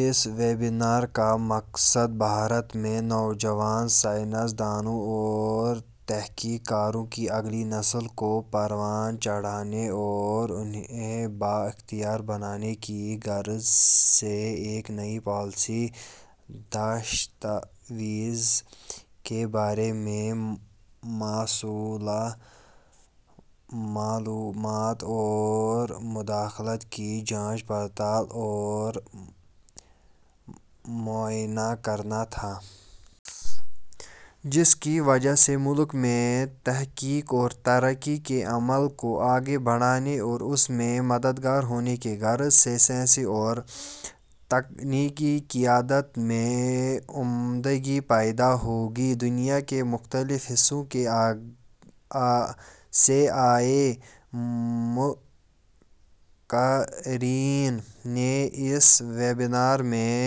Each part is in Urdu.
اس ویبنار کا مقصد ، بھارت میں نوجوان سائنس دانوں اور تحقیق کاروں کی اگلی نسل کو پروان چڑھانے اور انھیں بااختیار بنانے کی غرض سے ایک نئی پالیسی دستاویز کے بارے میں موصولہ معلومات اور، مادخل کی جانچ پڑتال اورمعائنہ کرناتھا۔ جس کی وجہ سے ملک میں تحقیق اورترقی کے عمل کو آگے بڑھانے اور اس میں مددگار ہونے کی غرض سے سائنسی اورتکنیکی قیادت میں عمدگی پیداہوگی۔ دنیاکے مختلف حصوں سے آئے مقررین نے اس ویبنار میں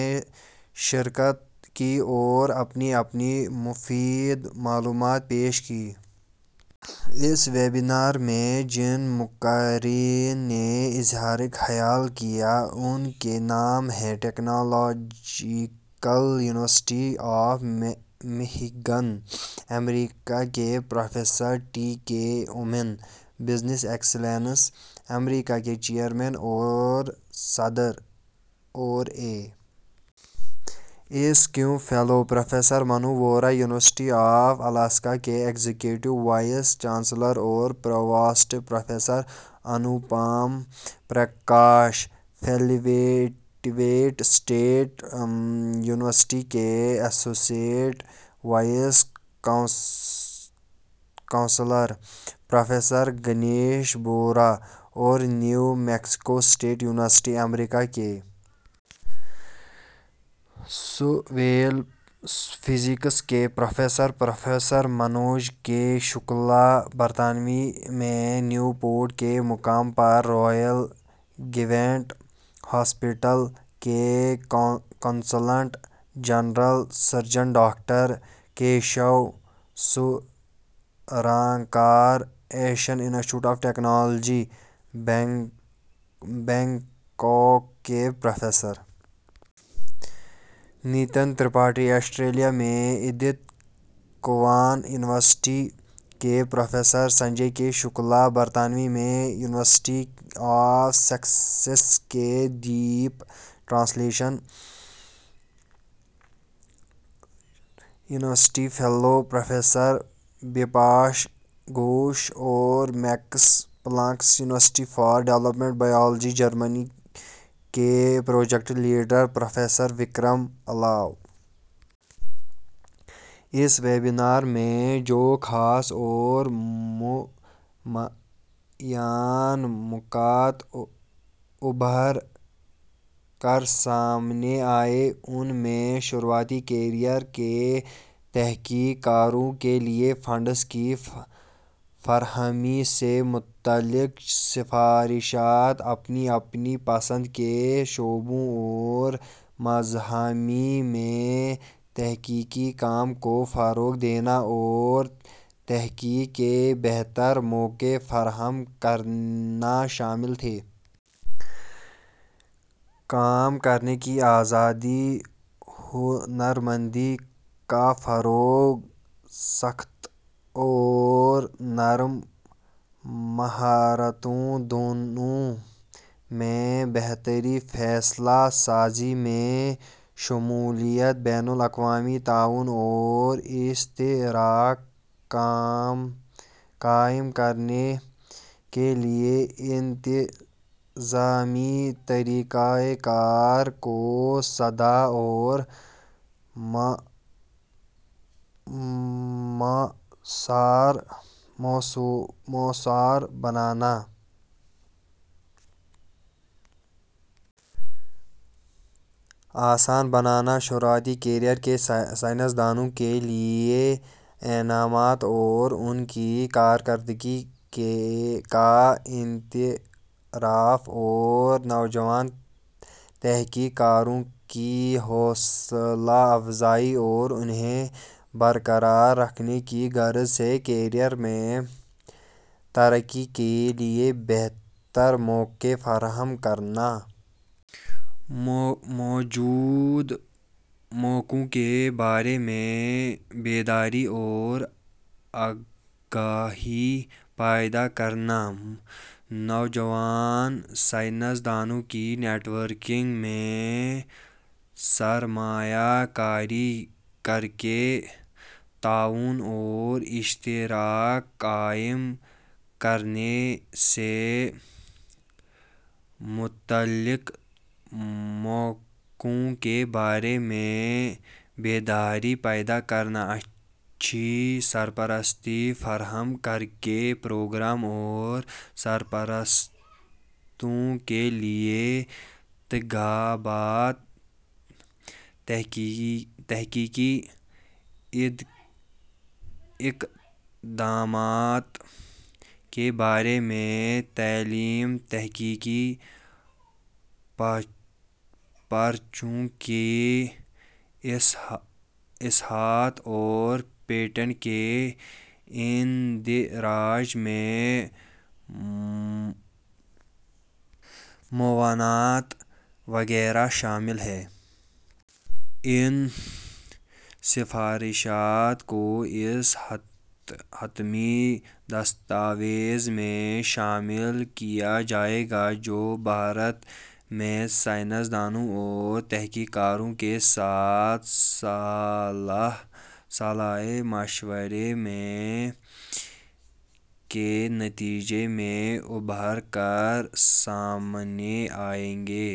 شرکت کی اوراپنی اپنی مفید معلومات پیش کیں۔ اس ویبنار میں جن مقررین نے اظہار خیال کیا، ان کے نام ہیں ، ٹکنالوجیکل یونیورسٹی مشی گن امریکہ کے پروفیسر ٹی کے اومین ، بزنس ایکسی لینسی ، امریکہ کے chairman اورصدراوراے S Q fellow, professor منوووہرا، university of Alaska کے ایگزیکیٹو وائس چانسلر اور provost professor Anupam Prakash, fête ولے اسٹیٹ یونیورسٹی کے ایسوسی ایٹ وائس چانسلر پروفیسرگنیش بورا، نیومیکسیکواسٹیٹ یونیورسٹی امریکہ کے سوائیل فزکس کے پروفیسر ، پروفیسرر منوج کے شکلا، برطانیہ میں نیوپورٹ کے مقام پررائل گوینٹ اسپتال کے کنسلٹنٹ جنرل سرجن ڈاکٹرکیشوسورنکر ، Asian Institute of Technology, Bangkok کے professor professor Nitin K Tripathi, Australia, Perth کی ایڈتھ کوون یونیورسٹی کے پروفیسر سنجے کے شکلا ، برطانیہ میں یونیورسٹی سیسکس میں ڈیپ ٹرانزیشن کے research fellow professor Bipashai Ghosh اورمیکس Planck Institute for Developmental biology, Germany کے project leader, professor Vikram Alva. اس ویبنار میں جوخاص اورنمایاں نکات ابھر کرسامنے آئے ان میں شروعاتی کریئر تحقیق کاروں کے لئے فنڈس کی فراہمی کے لئے سفارشات ، اپنی اپنی پسند کے شعبوں اور مضامین میں تحقیقی کام کرنے کی آزادی ، ہنرمندی کافروغ ، سخت اورنرم مہارتیں دونوں میں ، فیصلہ سازی میں شمولیت ، بین الاقوامی تعاون اوراشتراک قائم کرنے کے لئے انتظامی طریق کار کو سادہ اور آسان بنانا، شروعاتی کریئر سائنس دانوں کے لئے انعامات اوران کی کارکردگی کا اعتراف ، اور نوجوان تحقیق کاروں کی حوصلہ افزائی اور انھیں برقراررکھنے کی غرض سے ، کریئرمیں ترقی کے لئے موجود مواقع کے بارے میں بیداری اورآگہی پیداکرنا ، نوجوان سائنس دانوں کی نیٹ ورکنگ میں سرمایہ کاری کرکے ، تعاون اوراشتراک قائم کرنے سے متعلق مواقع کے بارے میں بیداری پیداکرنا ، اچھی سرپرستی فراہم کرنے کے پروگرام اورسرپرستوں کے لئے ترغیبات ، تحقیقی اقدامات کے بارے میں تعلیم ، تحقیقی پرچوں کی اشاعت اورپیٹنٹ کے اندراج میں معاونت وغیرہ شامل ہیں۔ ان سفارشات کو اس حتمی دستاویز میں شامل کیاجائے گا جو بھارت میں سائنس دانوں اورتحقیق کاروں کے ساتھ صلاح ومشورے کے نتیجے میں ابھرکرسامنے آئیں گی۔